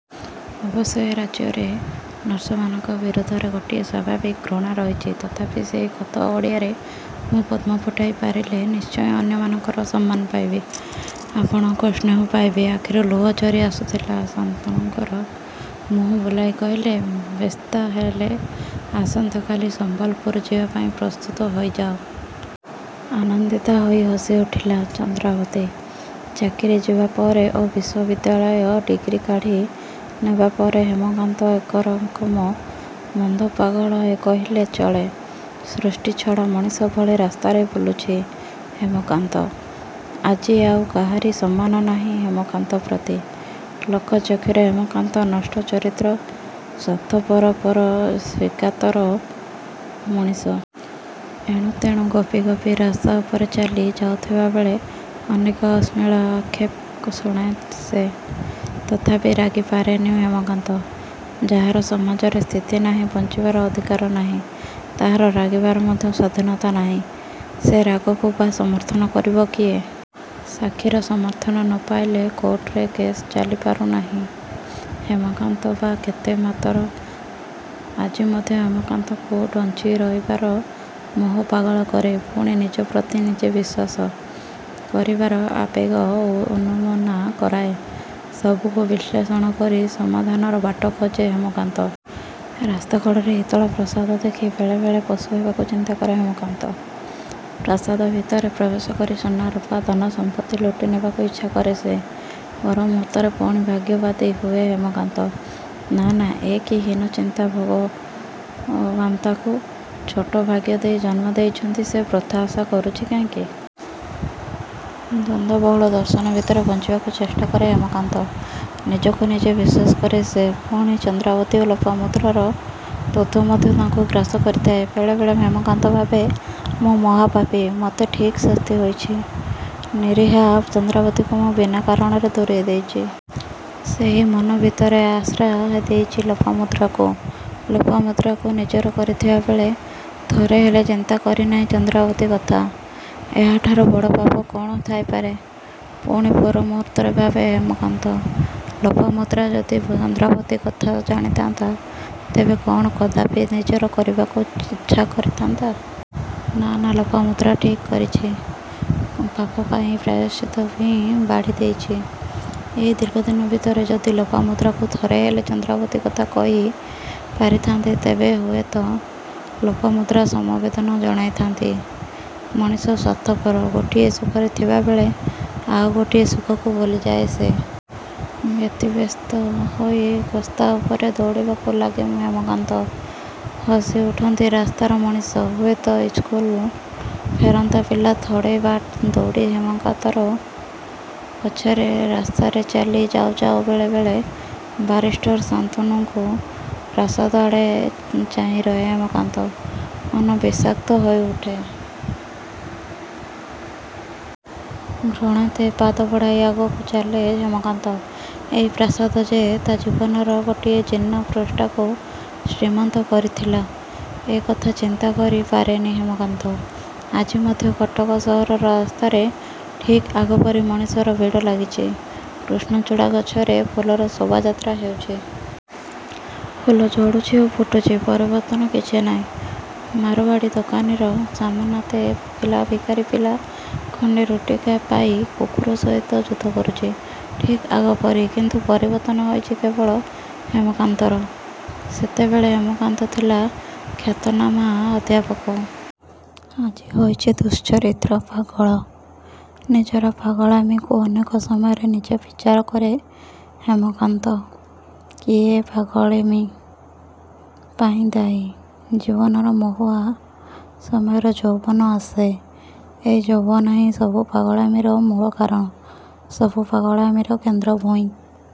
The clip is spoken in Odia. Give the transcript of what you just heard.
ଅବଶ୍ୟ ଏ ରାଜ୍ୟରେ ନର୍ସମାନଙ୍କ ବିରୁଦ୍ଧରେ ଗୋଟିଏ ସ୍ୱଭାବିକ୍ ଘୃଣା ରହିଛି ତଥାପି ସେହି ଖତ ଗଡ଼ିଆରେ ମୁଁ ପଦ୍ମ ଫୁଟାଇ ପାରିଲେ ନିଶ୍ଚୟ ଅନ୍ୟମାନଙ୍କର ସମ୍ମାନ ପାଇବି। ଆପଣଙ୍କ ସ୍ନେହ ପାଇବି। '' ଆଖିରୁ ଲୁହ ଝରି ଆସୁଥିଲା ଶାନ୍ତନୁଙ୍କର। ମୁହଁ ବୁଲାଇ କହିଲେ''ବେଶ୍ତା ହେଲେ ଆସନ୍ତା କାଲି ସମ୍ବଲପୁର ଯିବା ପାଇଁ ପ୍ରସ୍ତୁତ ହୋଇଯାଅ। '' ଆନନ୍ଦିତା ହୋଇ ହସିଉଠିଲା ଚନ୍ଦ୍ରାବତୀ। ଚାକିରୀ ଯିବା ପରେ ଓ ବିଶ୍ୱବିଦ୍ୟାଳୟ ଡ଼ିଗ୍ରୀ କାଢ଼ି ନେବାପରେ ହେମକାନ୍ତ ଏକରକମ ବଦ୍ଧପାଗଳ କହିଲେ ଚଳେ। ସୃଷ୍ଟି ଛଡ଼ା ମଣିଷ ଭଳି ରାସ୍ତାରେ ବୁଲୁଛି ହେମକାନ୍ତ। ଆଜି ଆଉ କାହାରି ସମ୍ମାନ ନାହିଁ ହେମକାନ୍ତ ପ୍ରତି। ଲୋକଚକ୍ଷୁରେ ହେମକାନ୍ତ ନଷ୍ଟଚରିତ୍ର, ସ୍ୱାର୍ଥପରପରଶ୍ରୀକାତର ମଣିଷ। ଏଣୁ ତେଣୁ ଗପି ଗପି ରାସ୍ତା ଉପରେ ଚାଲି ଯାଉଥିବାବେଳେ ଅନେକ ଅଶ୍ଳୀଳ ଆକ୍ଷେପ ଶୁଣେ ସେ। ତଥାପି ରାଗି ପାରେନି ହେମକାନ୍ତ। ଯାହାର ସମାଜରେ ସ୍ଥିତି ନାହିଁ ବଞ୍ଚିବାର ଅଧିକାର ନାହିଁ ତାହାର ରାଗିବାର ମଧ୍ୟ ସ୍ୱାଧୀନତା ନାହିଁ। ସେ ରାଗକୁ ବା ସମର୍ଥନ କରିବ କିଏ? ସାକ୍ଷୀର ସମର୍ଥନ ନ ପାଇଲେ କୋର୍ଟରେ କେସ୍ ଚାଲିପାରୁ ନାହିଁ ହେମକାନ୍ତ ବା କେତେ ମାତର। ଆଜି ମଧ୍ୟ ହେମକାନ୍ତକୁ ଡ଼ଞ୍ଚି ରହିବାର ମୋହ ପାଗଳ କରେ ପୁଣି ନିଜ ପ୍ରତି ନିଜେ ବିଶ୍ୱାସ କରିବାର ଆବେଗ ଉନମନା କରାଏ। ସବୁକୁ ବିଶ୍ଳେଷଣ କରି ସମାଧାନର ବାଟ ଖୋଜେ ହେମକାନ୍ତ। ରାସ୍ତାକଡ଼ର ହିତଳ ପ୍ରସାଦ ଦେଖି ବେଳେ ବେଳେ ପଶୁ ହେବାକୁ ଚିନ୍ତାକରେ ହେମକାନ୍ତ। ପ୍ରାସାଦ ଭିତରେ ପ୍ରବେଶ କରି ସୁନା, ରୂପା, ଧନ ସମ୍ପତ୍ତି ଲୁଟି ନେବାକୁ ଇଚ୍ଛାକରେ ସେ। ପରମୁହୂର୍ତ୍ତରେ ପୁଣି ଭାଗ୍ୟବାଦୀ ହୁଏ ହେମକାନ୍ତ। ନାଁ ନାଁ ଏ କି ହୀନ ଚିନ୍ତା ଭଗବାନ୍ତାକୁ ଛୋଟ ଭାଗ୍ୟ ଦେଇ ଜନ୍ମ ଦେଇଛନ୍ତି ସେ ବୃଥା ଆଶା କରୁଛି କାହିଁକି? ଦ୍ୱନ୍ଦବହୁଳ ଦର୍ଶନ ଭିତରେ ବଞ୍ଚିବାକୁ ଚେଷ୍ଟାକରେ ହେମକାନ୍ତ। ନିଜକୁ ନିଜେ ବିଶ୍ୱାସ କରେ ସେ। ପୁଣି ଚନ୍ଦ୍ରାବତୀ ଓ ଲୋପାମୁଦ୍ରାର ତତ୍ୱ ମଧ୍ୟ ତାକୁ ଗ୍ରାସ କରିଥାଏ। ବେଳେ ବେଳେ ହେମକାନ୍ତ ଭାବେ ମୁଁ ମହାପାପୀ। ମୋତେ ଠିକ୍ଶାସ୍ତି ହୋଇଛି। ନିରୀହା ଚନ୍ଦ୍ରାବତୀକୁ ମୁଁ ବିନା କାରଣରେ ଦୂରେଇ ଦେଇଛି। ସେହି ମନ ଭିତରେ ଆଶ୍ରା ଦେଇଛି ଲୋପାମୁଦ୍ରାକୁ। ଲୋପାମୁଦ୍ରାକୁ ନିଜର କରିଥିବାବେଳେ ଥରେ ହେଲେ ଚିନ୍ତା କରିନାହିଁ ଚନ୍ଦ୍ରାବତୀ କଥା। ଏହାଠାରୁ ବଡ଼ ପାପ କ'ଣ ଥାଇପାରେ? ପୁଣି ପର ମୁହୁର୍ତ୍ତରେ ଭାବେ ହେମକାନ୍ତ। ଲୋପାମୁଦ୍ରା ଯଦି ଚନ୍ଦ୍ରାବତୀ କଥା ଜାଣିଥାନ୍ତା ତେବେ କ'ଣ କଦାପି ନିଜର କରିବାକୁ ଉଚ୍ଛା କରିଥାନ୍ତି? ନାଁ ନାଁ ଲୋପାମୁଦ୍ରା ଠିକ୍କରିଛି ପାପପାଇଁ ପ୍ରାୟଶ୍ଚିତ ହିଁ ବାଢି ଦେଇଛି। ଏଇ ଦୀର୍ଘଦିନ ଭିତରେ ଯଦି ଲୋପାମୁଦ୍ରାକୁ ଥରେ ହେଲେ ଚନ୍ଦ୍ରାବତୀ କଥା କହି ପାରିଥାନ୍ତି ତେବେ ହୁଏତ ଲୋପାମୁଦ୍ରା ସମବେଦନା ଜଣାଇଥାନ୍ତି। ମଣିଷ ସ୍ୱାର୍ଥପର। ଗୋଟିଏ ସୁଖରେ ଥିବାବେଳେ ଆଉ ଗୋଟିଏ ସୁଖକୁ ଭୁଲିଯାଏ ସେ। ବ୍ୟତିବ୍ୟସ୍ତ ହୋଇ ଗସ୍ତା ଉପରେ ଦୌଡ଼ିବାକୁ ଲାଗେ ହେମକାନ୍ତ। ହସିଉଠନ୍ତି ରାସ୍ତାର ମଣିଷ। ହୁଏତ ଇସ୍କୁଲ ଫେରନ୍ତା ପିଲା ଥୋଡ଼େ ବାଟ ଦୌଡ଼ନ୍ତି ହେମକାନ୍ତର ପଛରେ। ରାସ୍ତାରେ ଚାଲି ଯାଉ ଯାଉ ବେଳେ ବେଳେ ବାରିଷ୍ଟର ଶାନ୍ତନୁଙ୍କ ପ୍ରାସାଦ ଆଡ଼େ ଚାହିଁରହେ ହେମକାନ୍ତ। ମନ ବିଷାକ୍ତ ହୋଇଉଠେ। ଘୃଣାତେ ପାଦ ବଢ଼ାଇ ଆଗକୁ ଚାଲେ ହେମକାନ୍ତ। ଏଇ ପ୍ରାସାଦ ଯେ ତା' ଜୀବନର ଗୋଟିଏ ଜୀର୍ଣ୍ଣ ପୃଷ୍ଠାକୁ ଶ୍ରୀମନ୍ତ କରିଥିଲା ଏ କଥା ଚିନ୍ତା କରି ପାରେନି ହେମକାନ୍ତ। ଆଜି ମଧ୍ୟ କଟକ ସହରର ରାସ୍ତାରେ ଠିକ୍ଆଗପରି ମଣିଷର ଭିଡ଼ ଲାଗିଛି। କୃଷ୍ଣଚୂଡ଼ା ଗଛରେ ଫୁଲର ଶୋଭାଯାତ୍ରା ହେଉଛି। ଫୁଲ ଝଡ଼ୁଛି ଓ ଫୁଟୁଛି। ପରିବର୍ତ୍ତନ କିଛି ନାହିଁ। ମାରଓ୍ୱାଡ଼ୀ ଦୋକାନୀର ସାମନାତେ ଭୋକିଲା ଭିକାରୀ ପିଲା ଖଣ୍ଡେ ରୁଟି ପାଇଁ କୁକୁର ସହିତ ଯୁଦ୍ଧ କରୁଛି। ଠିକ୍ ଆଗ ପରି। କିନ୍ତୁ ପରିବର୍ତ୍ତନ ହୋଇଛି କେବଳ ହେମକାନ୍ତର। ସେତେବେଳେ ହେମକାନ୍ତ ଥିଲା ଖ୍ୟାତନାମା ଅଧ୍ୟାପକ। ଆଜି ହୋଇଛି ଦୁଃଶ୍ଚରିତ୍ର ପାଗଳ। ନିଜର ପାଗଳାମୀକୁ ଅନେକ ସମୟରେ ନିଜେ ବିଚାର କରେ ହେମକାନ୍ତ। କିଏ ଏ ପାଗଳାମୀ ପାଇଁ ଦାୟୀ? ଜୀବନର ମହୁଆ ସମୟରେ ଯୌବନ ଆସେ। ଏଇ ଯୌବନ ହିଁ ସବୁ ପାଗଳାମୀର ମୂଳ କାରଣ ସବୁ ପାଗଳାମୀର କେନ୍ଦ୍ର ଭୂଇଁ।